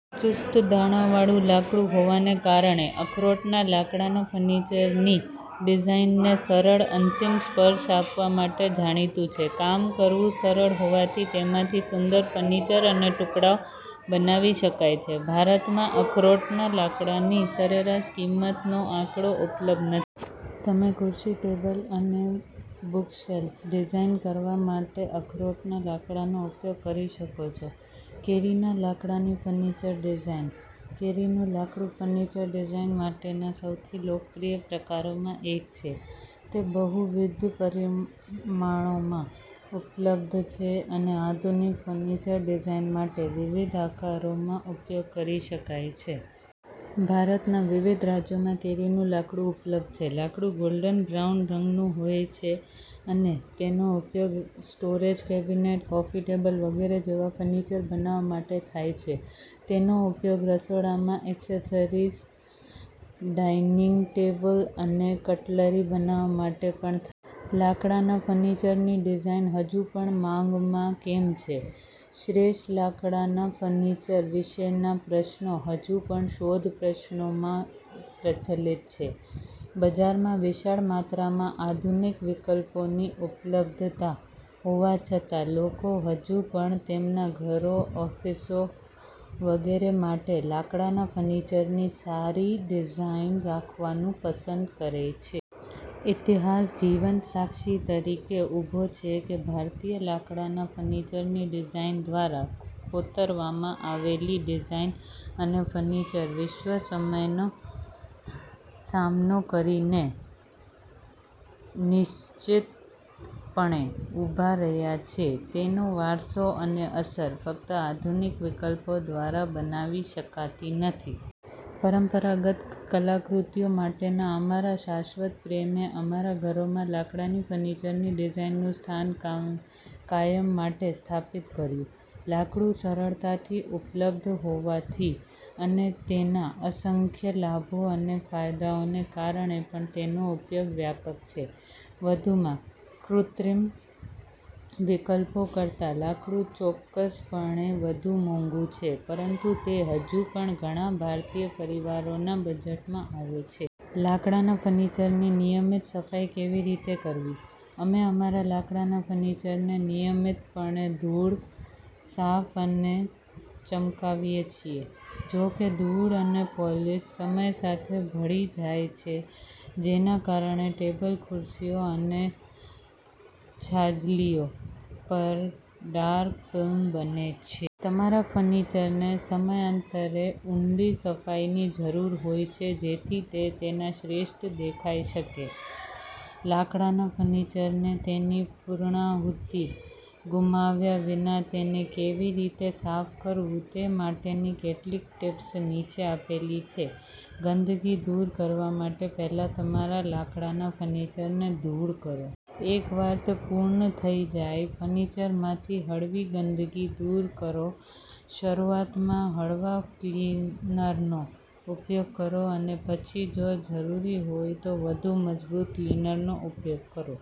ચુસ્ત-દાણાવાળું લાકડું હોવાને કારણે, અખરોટના લાકડાના ફર્નિચરની ડિઝાઇનને સરળ અંતિમ સ્પર્શ આપવા માટે જાણીતું છે. કામ કરવું સરળ હોવાથી તેમાંથી સુંદર ફર્નિચર અને ટુકડાઓ બનાવી શકાય છે. ભારતમાં અખરોટના લાકડાની સરેરાશ કિંમત નો આંકડો ઉપલબ્ધ નથી. તમે ખુરશી, ટેબલ અને બુકશેલ્ફ ડિઝાઇન કરવા માટે અખરોટના લાકડાનો ઉપયોગ કરી શકો છો. કેરીના લાકડાની ફર્નિચર ડિઝાઇન. કેરીનું લાકડું ફર્નિચર ડિઝાઇન માટેના સૌથી લોકપ્રિય પ્રકારોમાંનું એક છે. તે બહુવિધ પરિમાણોમાં ઉપલબ્ધ છે અને આધુનિક ફર્નિચર ડિઝાઇન માટે વિવિધ આકારોમાં ઉપયોગ કરી શકાય છે. ભારતના વિવિધ રાજ્યોમાં કેરીનું લાકડું ઉપલબ્ધ છે. લાકડું ગોલ્ડન બ્રાઉન રંગનું હોય છે અને તેનો ઉપયોગ સ્ટોરેજ કેબિનેટ, કોફી ટેબલ વગેરે જેવા ફર્નિચર બનાવવા માટે થાય છે. તેનો ઉપયોગ રસોડામાં એક્સેસરીઝ, ડાઇનિંગ ટેબલ અને કટલરી બનાવવા માટે પણ થાય છે. લાકડાના ફર્નિચરની ડિઝાઇન હજુ પણ માંગમાં કેમ છે? શ્રેષ્ઠ લાકડાના ફર્નિચર વિશેના પ્રશ્નો હજુ પણ શોધ પ્રશ્નોમાં પ્રચલિત છે. બજારમાં વિશાળ માત્રામાં આધુનિક વિકલ્પોની ઉપલબ્ધતા હોવા છતાં, લોકો હજુ પણ તેમના ઘરો, ઓફિસો વગેરે માટે લાકડાના ફર્નિચરની સારી ડિઝાઇન રાખવાનું પસંદ કરે છે. ઈતિહાસ જીવંત સાક્ષી તરીકે ઊભો છે કે ભારતીય લાકડાના ફર્નિચરની ડિઝાઇન દ્વારા કોતરવામાં આવેલી ડિઝાઇન અને ફર્નિચર વિષમ સમયનો સામનો કરીને નિશ્ચિતપણે ઊભાં રહ્યાં છે. તેનો વારસો અને અસર ફક્ત આધુનિક વિકલ્પો દ્વારા બનાવી શકાતી નથી. પરંપરાગત કલાકૃતિઓ માટેના અમારા શાશ્વત પ્રેમે અમારા ઘરોમાં લાકડાના ફર્નિચરની ડિઝાઇનનું સ્થાન કાયમ માટે સ્થાપિત કર્યું. લાકડું સરળતાથી ઉપલબ્ધ હોવાથી અને તેના અસંખ્ય લાભો અને ફાયદાઓને કારણે પણ તેનો ઉપયોગ વ્યાપક છે. વધુમાં, કૃત્રિમ વિકલ્પો કરતાં લાકડું ચોક્કસપણે વધુ મોંઘું છે, પરંતુ તે હજુ પણ ઘણા ભારતીય પરિવારોના બજેટમાં આવે છે. લાકડાના ફર્નિચરની નિયમિત સફાઈ કેવી રીતે કરવી? અમે અમારા લાકડાના ફર્નિચરને નિયમિતપણે ધૂળ, સાફ અને ચમકાવીએ છીએ. જો કે, ધૂળ અને પોલિશ સમય સાથે ભળી જાય છે, જેના કારણે ટેબલ, ખુરશીઓ અને છાજલીઓ પર ડાર્ક ફિલ્મ બને છે. તમારા ફર્નિચરને સમયાંતરે ઊંડી સફાઈની જરૂર હોય છે જેથી તે તેના શ્રેષ્ઠ દેખાઈ શકે. લાકડાના ફર્નિચરને તેની પૂર્ણાહુતિ ગુમાવ્યા વિના તેને કેવી રીતે સાફ કરવું તે માટેની કેટલીક ટીપ્સ નીચે આપેલી છે. ગંદકી દૂર કરવા માટે પહેલા તમારા લાકડાના ફર્નિચરને ધૂળ કરો. એકવાર તે પૂર્ણ થઈ જાય, ફર્નિચરમાંથી હળવી ગંદકી દૂર કરો. શરૂઆતમાં હળવા ક્લીનરનો ઉપયોગ કરો અને પછી જો જરૂરી હોય તો વધુ મજબૂત ક્લીનરનો ઉપયોગ કરો.